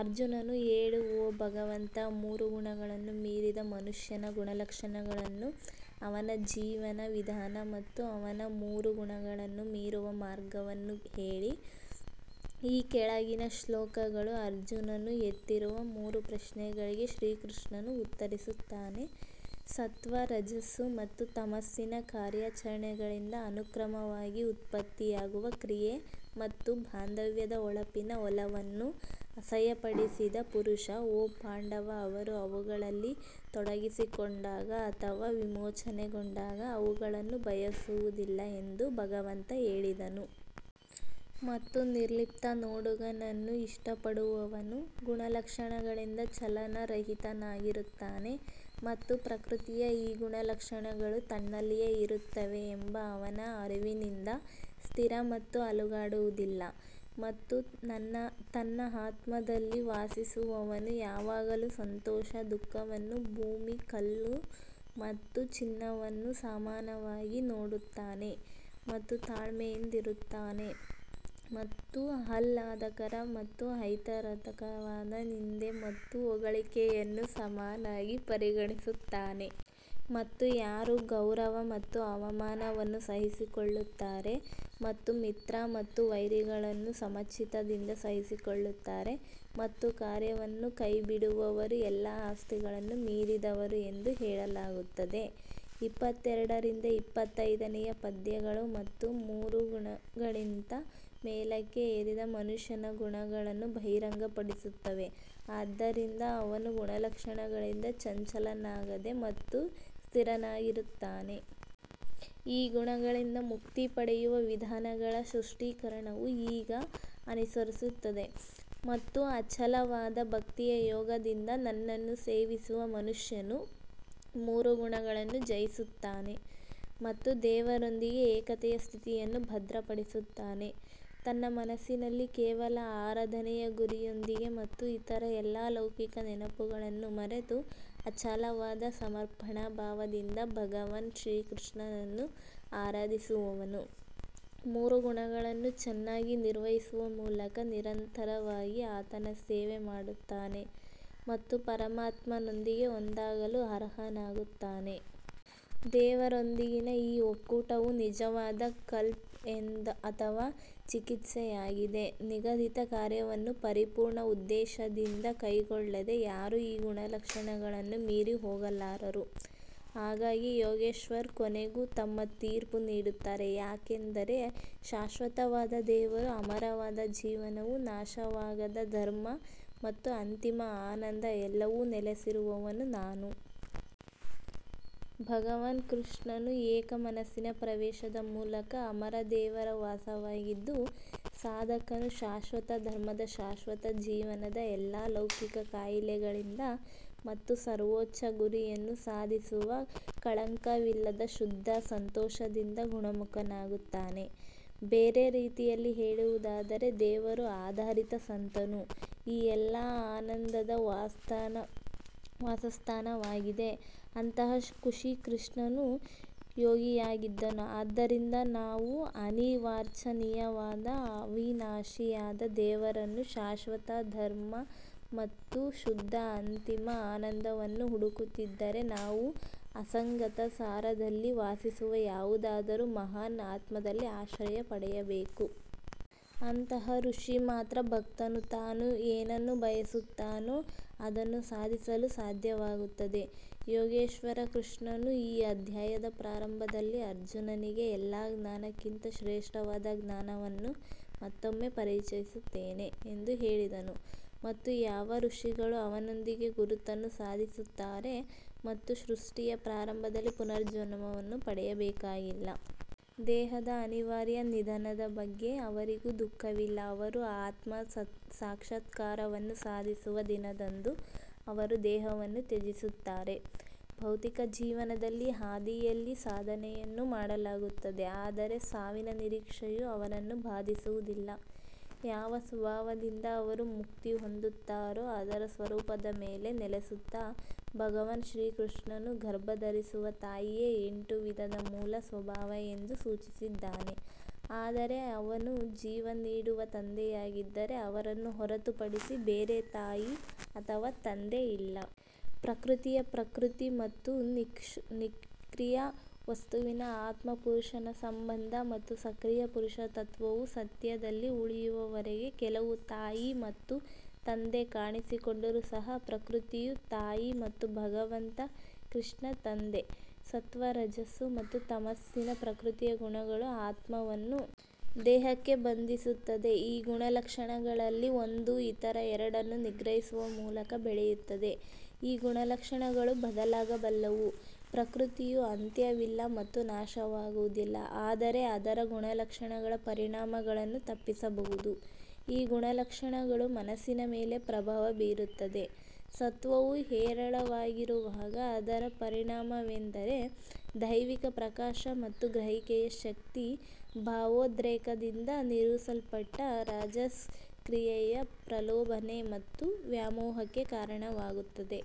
ಅರ್ಜುನನು ಹೇಳು ಓ ಭಗವಂತ, ಮೂರು ಗುಣಗಳನ್ನು ಮೀರಿದ ಮನುಷ್ಯನ ಗುಣಲಕ್ಷಣಗಳನ್ನು ಅವನ ಜೀವನ ವಿಧಾನ ಮತ್ತು ಅವನು ಮೂರು ಗುಣಗಳನ್ನು ಮೀರುವ ಮಾರ್ಗವನ್ನು ಹೇಳಿ. ಈ ಕೆಳಗಿನ ಶ್ಲೋಕಗಳು ಅರ್ಜುನನು ಎತ್ತಿರುವ ಮೂರು ಪ್ರಶ್ನೆಗಳಿಗೆ ಶ್ರೀಕೃಷ್ಣನು ಉತ್ತರಿಸುತ್ತಾನೆ ಸತ್ತ್ವ ರಜಸ್ಸು ಮತ್ತು ತಮಸ್ಸಿನ ಕಾರ್ಯಾಚರಣೆಗಳಿಂದ ಅನುಕ್ರಮವಾಗಿ ಉತ್ಪತ್ತಿಯಾಗುವ ಕ್ರಿಯೆ ಮತ್ತು ಬಾಂಧವ್ಯದ ಹೊಳಪಿನ ಒಲವನ್ನು ಅಸಹ್ಯಪಡಿಸದ ಪುರುಷ ಓ ಪಾಂಡವ ಅವರು ಅವುಗಳಲ್ಲಿ ತೊಡಗಿಸಿಕೊಂಡಾಗ ಅಥವಾ ವಿಮೋಚನೆಗೊಂಡಾಗ ಅವುಗಳನ್ನು ಬಯಸುವುದಿಲ್ಲ ಎಂದು ಭಗವಂತ ಹೇಳಿದನು. ಮತ್ತು ನಿರ್ಲಿಪ್ತ ನೋಡುಗನನ್ನು ಇಷ್ಟಪಡುವವನು ಗುಣಲಕ್ಷಣಗಳಿಂದ ಚಲನರಹಿತನಾಗಿರುತ್ತಾನೆ ಮತ್ತು ಪ್ರಕೃತಿಯ ಈ ಗುಣಲಕ್ಷಣಗಳು ತನ್ನಲ್ಲಿಯೇ ಇರುತ್ತವೆ ಎಂಬ ಅವನ ಅರಿವಿನಿಂದ ಸ್ಥಿರ ಮತ್ತು ಅಲುಗಾಡುವುದಿಲ್ಲ. ಮತ್ತು ತನ್ನ ಆತ್ಮದಲ್ಲಿ ವಾಸಿಸುವವನು ಯಾವಾಗಲೂ ಸಂತೋಷ ದುಃಖವನ್ನು ಭೂಮಿ ಕಲ್ಲು ಮತ್ತು ಚಿನ್ನವನ್ನು ಸಮಾನವಾಗಿ ನೋಡುತ್ತಾನೆ ಮತ್ತು ತಾಳ್ಮೆಯಿಂದಿರುತ್ತಾನೆ ಮತ್ತು ಆಹ್ಲಾದಕರ ಮತ್ತು ಅಹಿತಕರವಾದ ನಿಂದೆ ಮತ್ತು ಹೊಗಳಿಕೆಯನ್ನು ಸಮನಾಗಿ ಪರಿಗಣಿಸುತ್ತಾನೆ. ಮತ್ತು ಯಾರು ಗೌರವ ಮತ್ತು ಅವಮಾನವನ್ನು ಸಹಿಸಿಕೊಳ್ಳುತ್ತಾರೆ ಮತ್ತು ಮಿತ್ರ ಮತ್ತು ವೈರಿಗಳನ್ನು ಸಮಚಿತ್ತದಿಂದ ಸಹಿಸಿಕೊಳ್ಳುತ್ತಾರೆ ಮತ್ತು ಕಾರ್ಯವನ್ನು ಕೈಬಿಡುವವರು ಎಲ್ಲಾ ಆಸ್ತಿಗಳನ್ನು ಮೀರಿದವರು ಎಂದು ಹೇಳಲಾಗುತ್ತದೆ. ಇಪ್ಪತ್ತೆರಡರಿಂದ ಇಪ್ಪತ್ತೈದನೆಯ ಪದ್ಯಗಳು ಮೂರು ಗುಣಗಳಿಗಿಂತ ಮೇಲಕ್ಕೆ ಏರಿದ ಮನುಷ್ಯನ ಗುಣಗಳನ್ನು ಬಹಿರಂಗಪಡಿಸುತ್ತವೆ ಆದ್ದರಿಂದ ಅವನು ಗುಣಲಕ್ಷಣಗಳಿಂದ ಚಂಚಲನಾಗದೆ ಮತ್ತು ಸ್ಥಿರನಾಗಿರುತ್ತಾನೆ. ಈ ಗುಣಗಳಿಂದ ಮುಕ್ತಿ ಪಡೆಯುವ ವಿಧಾನಗಳ ಸ್ಪಷ್ಟೀಕರಣವು ಈಗ ಅನುಸರಿಸುತ್ತದೆ ಮತ್ತು ಅಚಲವಾದ ಭಕ್ತಿಯ ಯೋಗದಿಂದ ನನ್ನನ್ನು ಸೇವಿಸುವ ಮನುಷ್ಯನು ಮೂರು ಗುಣಗಳನ್ನು ಜಯಿಸುತ್ತಾನೆ ಮತ್ತು ದೇವರೊಂದಿಗೆ ಏಕತೆಯ ಸ್ಥಿತಿಯನ್ನು ಭದ್ರಪಡಿಸುತ್ತಾನೆ. ತನ್ನ ಮನಸ್ಸಿನಲ್ಲಿ ಕೇವಲ ಆರಾಧನೆಯ ಗುರಿಯೊಂದಿಗೆ ಮತ್ತು ಇತರ ಎಲ್ಲ ಲೌಕಿಕ ನೆನಪುಗಳನ್ನು ಮರೆತು ಅಚಲವಾದ ಸಮರ್ಪಣಾಭಾವದಿಂದ ಭಗವಾನ್ ಶ್ರೀಕೃಷ್ಣನನ್ನು ಆರಾಧಿಸುವವನು ಮೂರು ಗುಣಗಳನ್ನು ಚೆನ್ನಾಗಿ ನಿರ್ವಹಿಸುವ ಮೂಲಕ ನಿರಂತರವಾಗಿ ಆತನ ಸೇವೆ ಮಾಡುತ್ತಾನೆ ಮತ್ತು ಪರಮಾತ್ಮನೊಂದಿಗೆ ಒಂದಾಗಲು ಅರ್ಹನಾಗುತ್ತಾನೆ. ದೇವರೊಂದಿಗಿನ ಈ ಒಕ್ಕೂಟವು ನಿಜವಾದ ಕಲ್ಪ್ ಅಥವಾ ಚಿಕಿತ್ಸೆಯಾಗಿದೆ ನಿಗದಿತ ಕಾರ್ಯವನ್ನು ಪರಿಪೂರ್ಣ ಉದ್ದೇಶದಿಂದ ಕೈಗೊಳ್ಳದೆ ಯಾರೂ ಈ ಗುಣಲಕ್ಷಣಗಳನ್ನು ಮೀರಿ ಹೋಗಲಾರರು ಹಾಗಾಗಿ ಯೋಗೇಶ್ವರ್ ಕೊನೆಗೂ ತಮ್ಮ ತೀರ್ಪು ನೀಡುತ್ತಾರೆ ಯಾಕಂದರೆ ಶಾಶ್ವತವಾದ ದೇವರು ಅಮರವಾದ ಜೀವನವು ನಾಶವಾಗದ ಧರ್ಮ ಮತ್ತು ಅಂತಿಮ ಆನಂದ ಎಲ್ಲವೂ ನೆಲೆಸಿರುವವನು ನಾನು. ಭಗವಾನ್ ಕೃಷ್ಣನು ಏಕ ಮನಸ್ಸಿನ ಪ್ರವೇಶದ ಮೂಲಕ ಅಮರ ದೇವರ ವಾಸವಾಗಿದ್ದು, ಸಾಧಕನು ಶಾಶ್ವತ ಧರ್ಮದ ಶಾಶ್ವತ ಜೀವನದ ಎಲ್ಲಾ ಲೌಕಿಕ ಕಾಯಿಲೆಗಳಿಂದ ಮತ್ತು ಸರ್ವೋಚ್ಚ ಗುರಿಯನ್ನು ಸಾಧಿಸುವ ಕಳಂಕವಿಲ್ಲದ ಶುದ್ಧ ಸಂತೋಷದಿಂದ ಗುಣಮುಖನಾಗುತ್ತಾನೆ. ಬೇರೆ ರೀತಿಯಲ್ಲಿ ಹೇಳುವುದಾದರೆ, ದೇವರು ಆಧಾರಿತ ಸಂತನು ಈ ಎಲ್ಲಾ ಆನಂದದ ವಾಸಸ್ಥಾನವಾಗಿದೆ ಅಂತಹ ಋಷಿ ಶ್ರೀಕೃಷ್ಣನು ಯೋಗಿಯಾಗಿದ್ದನು ಆದ್ದರಿಂದ ನಾವು ಅನಿರ್ವಚನೀಯವಾದ ಅವಿನಾಶಿಯಾದ ದೇವರನ್ನು ಶಾಶ್ವತ ಧರ್ಮ ಮತ್ತು ಶುದ್ಧ ಅಂತಿಮ ಆನಂದವನ್ನು ಹುಡುಕುತ್ತಿದ್ದರೆ ನಾವು ಅಸಂಗತ ಸಾರದಲ್ಲಿ ವಾಸಿಸುವ ಯಾವುದಾದರೂ ಮಹಾನ್ ಆತ್ಮದಲ್ಲಿ ಆಶ್ರಯ ಪಡೆಯಬೇಕು. ಅಂತಹ ಋಷಿ ಮಾತ್ರ ಭಕ್ತನು ತಾನು ಏನನ್ನು ಬಯಸುತ್ತಾನೋ ಅದನ್ನು ಸಾಧಿಸಲು ಸಾಧ್ಯವಾಗುತ್ತದೆ ಯೋಗೇಶ್ವರ ಕೃಷ್ಣನು ಈ ಅಧ್ಯಾಯದ ಪ್ರಾರಂಭದಲ್ಲಿ ಅರ್ಜುನನಿಗೆ ಎಲ್ಲಾ ಜ್ಞಾನಕ್ಕಿಂತ ಶ್ರೇಷ್ಠವಾದ ಜ್ಞಾನವನ್ನು ಮತ್ತೊಮ್ಮೆ ಪರಿಚಯಿಸುತ್ತೇನೆ ಎಂದು ಹೇಳಿದನು ಮತ್ತು ಯಾವ ಋಷಿಗಳು ಅವನೊಂದಿಗೆ ಗುರುತನ್ನು ಸಾಧಿಸುತ್ತಾರೆ ಮತ್ತು ಸೃಷ್ಟಿಯ ಪ್ರಾರಂಭದಲ್ಲಿ ಪುನರ್ಜನ್ಮವನ್ನು ಪಡೆಯಬೇಕಾಗಿಲ್ಲ. ದೇಹದ ಅನಿವಾರ್ಯ ನಿಧನದ ಬಗ್ಗೆ ಅವರಿಗೂ ದುಃಖವಿಲ್ಲ ಅವರು ಆತ್ಮ ಸಾಕ್ಷಾತ್ಕಾರವನ್ನು ಸಾಧಿಸುವ ದಿನದಂದು ಅವರು ದೇಹವನ್ನು ತ್ಯಜಿಸುತ್ತಾರೆ ಭೌತಿಕ ಜೀವನದ ಹಾದಿಯಲ್ಲಿ ಸಾಧನೆಯನ್ನು ಮಾಡಲಾಗುತ್ತದೆ ಆದರೆ ಸಾವಿನ ನಿರೀಕ್ಷೆಯೂ ಅವರನ್ನು ಬಾಧಿಸುವುದಿಲ್ಲ ಯಾವ ಸ್ವಭಾವದಿಂದ ಅವರು ಮುಕ್ತಿ ಹೊಂದುತ್ತಾರೋ ಅದರ ಸ್ವರೂಪದ ಮೇಲೆ ನೆಲೆಸುತ್ತಾ ಭಗವಾನ್ ಶ್ರೀಕೃಷ್ಣನು ಗರ್ಭಧರಿಸುವ ತಾಯಿಯೇ ಎಂಟು ವಿಧದ ಮೂಲ ಸ್ವಭಾವ ಎಂದು ಸೂಚಿಸಿದ್ದಾನೆ ಆದರೆ ಅವನು ಜೀವ ನೀಡುವ ತಂದೆಯಾಗಿದ್ದರೆ ಅವರನ್ನು ಹೊರತುಪಡಿಸಿ ಬೇರೆ ತಾಯಿ ಅಥವಾ ತಂದೆ ಇಲ್ಲ. ಪ್ರಕೃತಿಯ ಪ್ರಕೃತಿ ಮತ್ತು ನಿಷ್ಕ್ರಿಯ ವಸ್ತುವಿನ ಆತ್ಮ ಪುರುಷನ ಸಂಬಂಧ ಮತ್ತು ಸಕ್ರಿಯ ಪುರುಷ ತತ್ವವು ಸತ್ಯದಲ್ಲಿ ಉಳಿಯುವವರೆಗೆ ಕೆಲವು ತಾಯಿ ಮತ್ತು ತಂದೆ ಕಾಣಿಸಿಕೊಂಡರೂ ಸಹ ಪ್ರಕೃತಿಯು ತಾಯಿ ಮತ್ತು ಭಗವಂತ ಕೃಷ್ಣ ತಂದೆ. ಸತ್ತ್ವ ರಜಸ್ಸು ಮತ್ತು ತಮಸ್ಸಿನ ಪ್ರಕೃತಿಯ ಗುಣಗಳು ಆತ್ಮವನ್ನು ದೇಹಕ್ಕೆ ಬಂಧಿಸುತ್ತವೆ ಈ ಗುಣಲಕ್ಷಣಗಳಲ್ಲಿ ಒಂದು ಇತರ ಎರಡನ್ನು ನಿಗ್ರಹಿಸುವ ಮೂಲಕ ಬೆಳೆಯುತ್ತದೆ ಈ ಗುಣಲಕ್ಷಣಗಳು ಬದಲಾಗಬಲ್ಲವು ಪ್ರಕೃತಿಯು ಅಂತ್ಯವಿಲ್ಲ ಮತ್ತು ನಾಶವಾಗುವುದಿಲ್ಲ ಆದರೆ ಅದರ ಗುಣಲಕ್ಷಣಗಳ ಪರಿಣಾಮಗಳನ್ನು ತಪ್ಪಿಸಬಹುದು ಈ ಗುಣಲಕ್ಷಣಗಳು ಮನಸ್ಸಿನ ಮೇಲೆ ಪ್ರಭಾವ ಬೀರುತ್ತವೆ ಸತ್ವವು ಹೇರಳವಾಗಿರುವಾಗ ಅದರ ಪರಿಣಾಮವೆಂದರೆ ದೈವಿಕ ಪ್ರಕಾಶ ಮತ್ತು ಗ್ರಹಿಕೆಯ ಶಕ್ತಿ ಭಾವೋದ್ರೇಕದಿಂದ ನಿರೂಪಿಸಲ್ಪಟ್ಟ ರಾಜಸ್ ಕ್ರಿಯೆಯ ಪ್ರಲೋಭನೆ ಮತ್ತು ವ್ಯಾಮೋಹಕ್ಕೆ ಕಾರಣವಾಗುತ್ತದೆ.